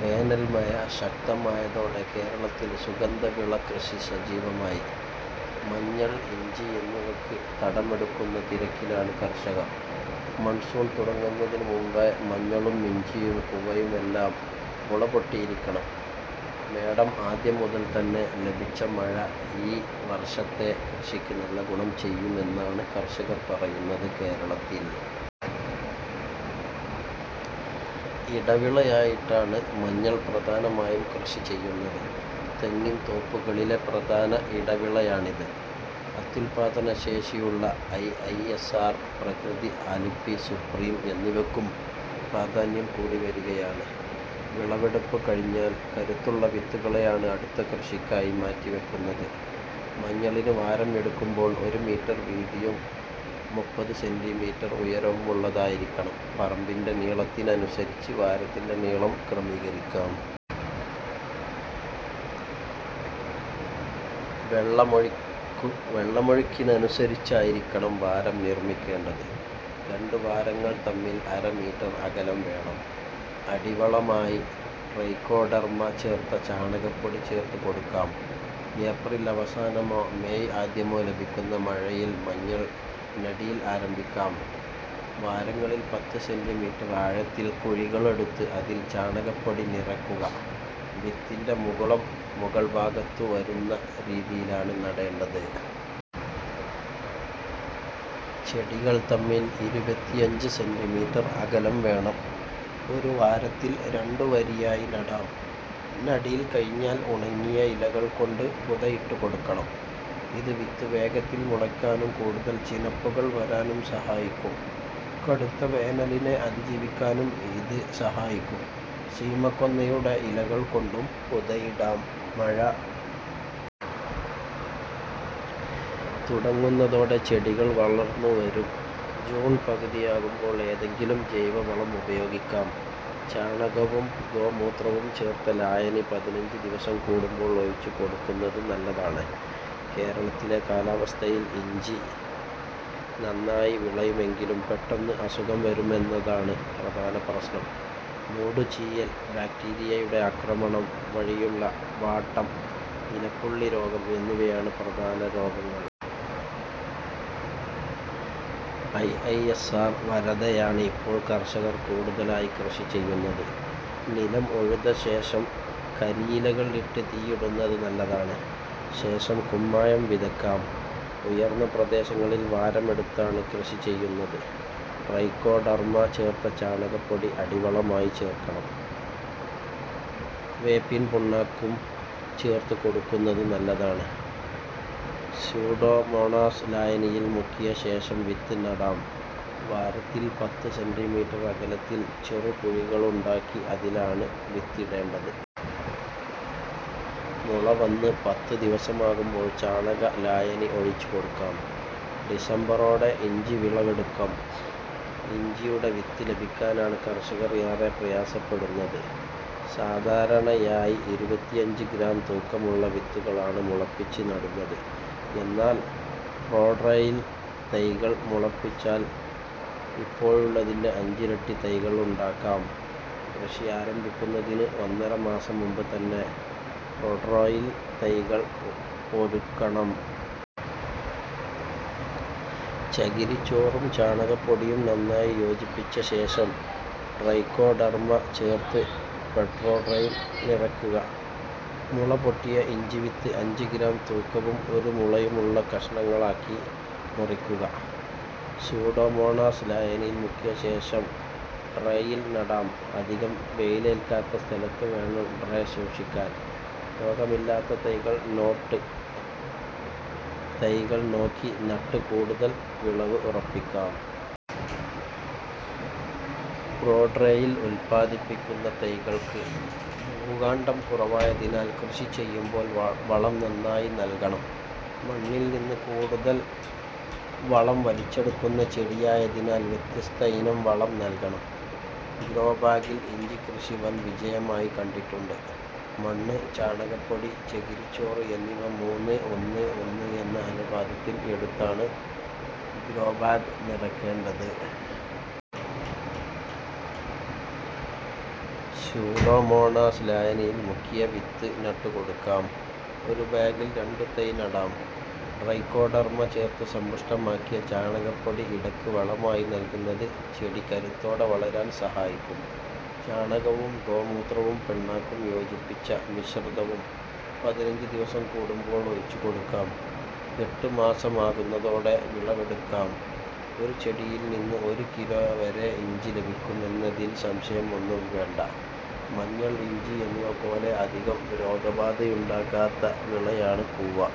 വേനൽമഴ ശക്തമായതോടെ കേരളത്തിൽ സുഗന്ധവിള കൃഷി സജീവമായി. മഞ്ഞൾ, ഇഞ്ചി എന്നിവയ്ക്ക് തടമെടുക്കുന്ന തിരക്കിലാണ് കർഷകർ. മൺസൂൺ തുടങ്ങുന്നതിനു മുമ്പേ മഞ്ഞളും ഇഞ്ചിയും കൂവയുമെല്ലാം മുളപൊട്ടിയിരിക്കണം. മേടം ആദ്യം മുതൽ തന്നെ ലഭിച്ച മഴ ഈ വർഷത്തെ കൃഷിക്ക് നല്ല ഗുണം ചെയ്യുമെന്നാണ് കർഷകർ പറയുന്നത്. കേരളത്തിൽ ഇടവിളയായിട്ടാണ് മഞ്ഞൾ പ്രധാനമായും കൃഷി ചെയ്യുന്നത്. തെങ്ങിൻതോപ്പുകളിലെ പ്രധാന ഇടവിളയാണിത്. അത്യുൽപാദനശേഷിയുള്ള ഐഐഎസ്ആർ പ്രകൃതി, ആലപ്പി സുപ്രീം എന്നിവയ്ക്കും പ്രാധാന്യം കൂടിവരികയാണ്. വിളവെടുപ്പു കഴിഞ്ഞാൽ കരുത്തുള്ള വിത്തുകളെയാണ് അടുത്ത കൃഷിക്കായി മാറ്റിവയ്ക്കുന്നത്. മഞ്ഞളിന് വാരം എടുക്കുമ്പോൾ ഒരു മീറ്റർ വീതിയും മുപ്പത് സെന്റീമീറ്റർ ഉയരവുമുള്ളതായിരിക്കണം. പറമ്പിന്റെ നീളത്തിനനുസരിച്ച് വാരത്തിന്റെ നീളം ക്രമീകരിക്കാം. വെള്ളമൊഴ്ക്ക് വെള്ളമൊഴുക്കിനനുസരിച്ചായിരിക്കണം വാരം നിർമിക്കേണ്ടത്. രണ്ടു വാരങ്ങൾ തമ്മിൽ അര മീറ്റർ അകലം വേണം. അടിവളമായി ട്രൈക്കോഡെർമ ചേർത്ത ചാണകപ്പൊടി ചേർത്തുകൊടുക്കാം. ഏപ്രിൽ അവസാനമോ മേയ് ആദ്യമോ ലഭിക്കുന്ന മഴയിൽ മഞ്ഞൾ നടീൽ ആരംഭിക്കാം. വാരങ്ങളിൽ പത്ത് സെന്റീമീറ്റർ ആഴത്തിൽ കുഴികളെടുത്ത് അതിൽ ചാണകപ്പൊടി നിറയ്ക്കുക. വിത്തിന്റെ മുകുളം മുകൾഭാഗത്തുവരുന്ന രീതിയിലാണ് നടേണ്ടത്. ചെടികൾ തമ്മിൽ ഇരുപത്തിയഞ്ച് സെന്റീമീറ്റർ അകലം വേണം. ഒരു വാരത്തിൽ രണ്ടു വരിയായി നടാം. നടീൽ കഴിഞ്ഞാൽ ഉണങ്ങിയ ഇലകൾ കൊണ്ട് പുതയിട്ടുകൊടുക്കണം. ഇത് വിത്ത് വേഗത്തിൽ മുളയ്ക്കാനും കൂടുതൽ ചിനപ്പുകൾ വരാനും സഹായിക്കും. കടുത്ത വേനലിനെ അതിജീവിക്കാനും ഇത് സഹായിക്കും. ശീമക്കൊന്നയുടെ ഇലകൾ കൊണ്ടും പുതയിടാം. മഴ തുടങ്ങുന്നതോടെ ചെടികൾ വളർന്നുവരും. ജൂൺ പകുതിയാകുമ്പോൾ ഏതെങ്കിലും ജൈവവളം ഉപയോഗിക്കാം. ചാണകവും ഗോമൂത്രവും ചേർത്ത ലായനി പതിനഞ്ച് ദിവസം കൂടുമ്പോൾ ഒഴിച്ചുകൊടുക്കുന്നത് നല്ലതാണ്. കേരളത്തിലെ കാലാവസ്ഥയിൽ ഇഞ്ചി നന്നായി വിളയുമെങ്കിലും പെട്ടെന്ന് അസുഖം വരുമെന്നതാണ് പ്രധാന പ്രശ്നം. മൂടുചീയൽ, ബാക്ടീരിയയുടെ ആക്രമണം വഴിയുള്ള വാട്ടം, ഇലപ്പുള്ളിരോഗം എന്നിവയാണ് പ്രധാന രോഗങ്ങൾ. ഐഐഎസ്ആർ വരദയാണ് ഇപ്പോൾ കർഷകർ കൂടുതലായി കൃഷി ചെയ്യുന്നത്. നിലം ഉഴുതശേഷം കരിയിലകൾ ഇട്ട് തീയിടുന്നത് നല്ലതാണ്. ശേഷം കുമ്മായം വിതയ്ക്കാം. ഉയർന്ന പ്രദേശങ്ങളിൽ വാരമെടുത്താണ് കൃഷി ചെയ്യുന്നത്. ട്രൈക്കോഡെർമ ചേർത്ത ചാണകപ്പൊടി അടിവളമായി ചേർക്കണം. വേപ്പിൻപിണ്ണാക്കുംചേർത്തുകൊടുക്കുന്നത് നല്ലതാണ്. സ്യൂഡോമോണാസ് ലായനിയിൽ മുക്കിയശേഷം വിത്ത് നടാം. വാരത്തിൽ പത്ത് സെന്റീമീറ്റർ അകലത്തിൽ ചെറുകുഴികളുണ്ടാക്കി അതിലാണ് വിത്തിടേണ്ടത്. മുള വന്ന് പത്ത് ദിവസമാകുമ്പോൾ ചാണക ലായനി ഒഴിച്ചുകൊടുക്കാം. ഡിസംബറോടെ ഇഞ്ചി വിളവെടുക്കാം. ഇഞ്ചിയുടെ വിത്ത് ലഭിക്കാനാണ് കർഷകർ ഏറെ പ്രയാസപ്പെടുന്നത്. സാധാരണയായി ഇരുപത്തിയഞ്ച് ഗ്രാം തൂക്കമുള്ള വിത്തുകളാണ് മുളപ്പിച്ച് നടുന്നത്. എന്നാൽ പ്രോട്രേയിൽ തൈകൾ മുളപ്പിച്ചാൽ ഇപ്പോഴുള്ളതിന്റെ അഞ്ചിരട്ടി തൈകൾ ഉണ്ടാക്കാം. കൃഷി ആരംഭിക്കുന്നതിന് ഒന്നര മാസം മുമ്പുതന്നെ പ്രോട്രേയിൽ തൈകൾ ഒരുക്കണം. ചകിരിച്ചോറും ചാണകപ്പൊടിയും നന്നായി യോജിപ്പിച്ചശേഷം ട്രൈക്കോഡെർമ ചേർത്ത് പ്രോട്രേടയിൽ നിറയ്ക്കുക. മുളപൊട്ടിയ ഇഞ്ചിവിത്ത് അഞ്ച് ഗ്രാം തൂക്കവും ഒരു മുളയുമുള്ള കഷണങ്ങളാക്കി മുറിക്കുക. സ്യൂഡോമോണാസ് ലായനിയിൽ മുക്കിയശേഷം ട്രേയിൽ നടാം. അധികം വെയിലേൽക്കാത്ത സ്ഥലത്തുവേണം ട്രേ സൂക്ഷിക്കാൻ. രോഗമില്ലാത്ത തൈകൾ നോട്ട് തൈകൾ നോക്കി നട്ട് കൂടുതൽ വിളവ് ഉറപ്പിക്കാം. പ്രോട്രേയിൽ ഉൽപാദിപ്പിക്കുന്ന തൈകൾക്ക് ഭൂകാണ്ഡം കുറവായതിനാൽ കൃഷി ചെയ്യുമ്പോൾ വളം നന്നായി നൽകണം. മണ്ണിൽനിന്ന് കൂടുതൽ വളം വലിച്ചെടുക്കുന്ന ചെടിയായതിനാൽ വ്യത്യസ്തയിനം വളം നൽകണം. ഗ്രോബാഗിൽ ഇഞ്ചിക്കൃഷി വൻ വിജയമായി കണ്ടിട്ടുണ്ട്. മണ്ണ്, ചാണകപ്പൊടി, ചകിരിച്ചോറ് എന്നിവ മൂന്ന് ഒന്ന് ഒന്ന് എന്ന അനുപാതത്തിൽ എടുത്താണ് ഗ്രോബാഗ് നിറയ്ക്കേണ്ടത്. സ്യൂഡോമോണാസ് ലായനിയിൽ മുക്കിയ വിത്ത് നട്ടുകൊടുക്കാം. ഒരു ബാഗിൽ രണ്ടു തൈ നടാം. ട്രൈക്കോഡെർമ ചേർത്ത് സമ്പുഷ്ടമാക്കിയ ചാണകപ്പൊടി ഇടയ്ക്ക് വളമായി നൽകുന്നത് ചെടി കരുത്തോടെ വളരാൻ സഹായിക്കും. ചാണകവും ഗോമൂത്രവും പിണ്ണാക്കും യോജിപ്പിച്ച മിശ്രിതവും പതിനഞ്ച് ദിവസം കൂടുമ്പോൾ ഒഴിച്ചുകൊടുക്കാം. എട്ട് മാസമാകുന്നതോടെ വിളവെടുക്കാം. ഒരു ചെടിയിൽനിന്ന് ഒരു കിലോ വരെ ഇഞ്ചി ലഭിക്കുമെന്നതിൽ സംശയമൊന്നും വേണ്ട. മഞ്ഞൾ, ഇഞ്ചി എന്നിവപോലെ അധികം രോഗബാധയുണ്ടാകാത്ത വിളയാണ് കൂവ.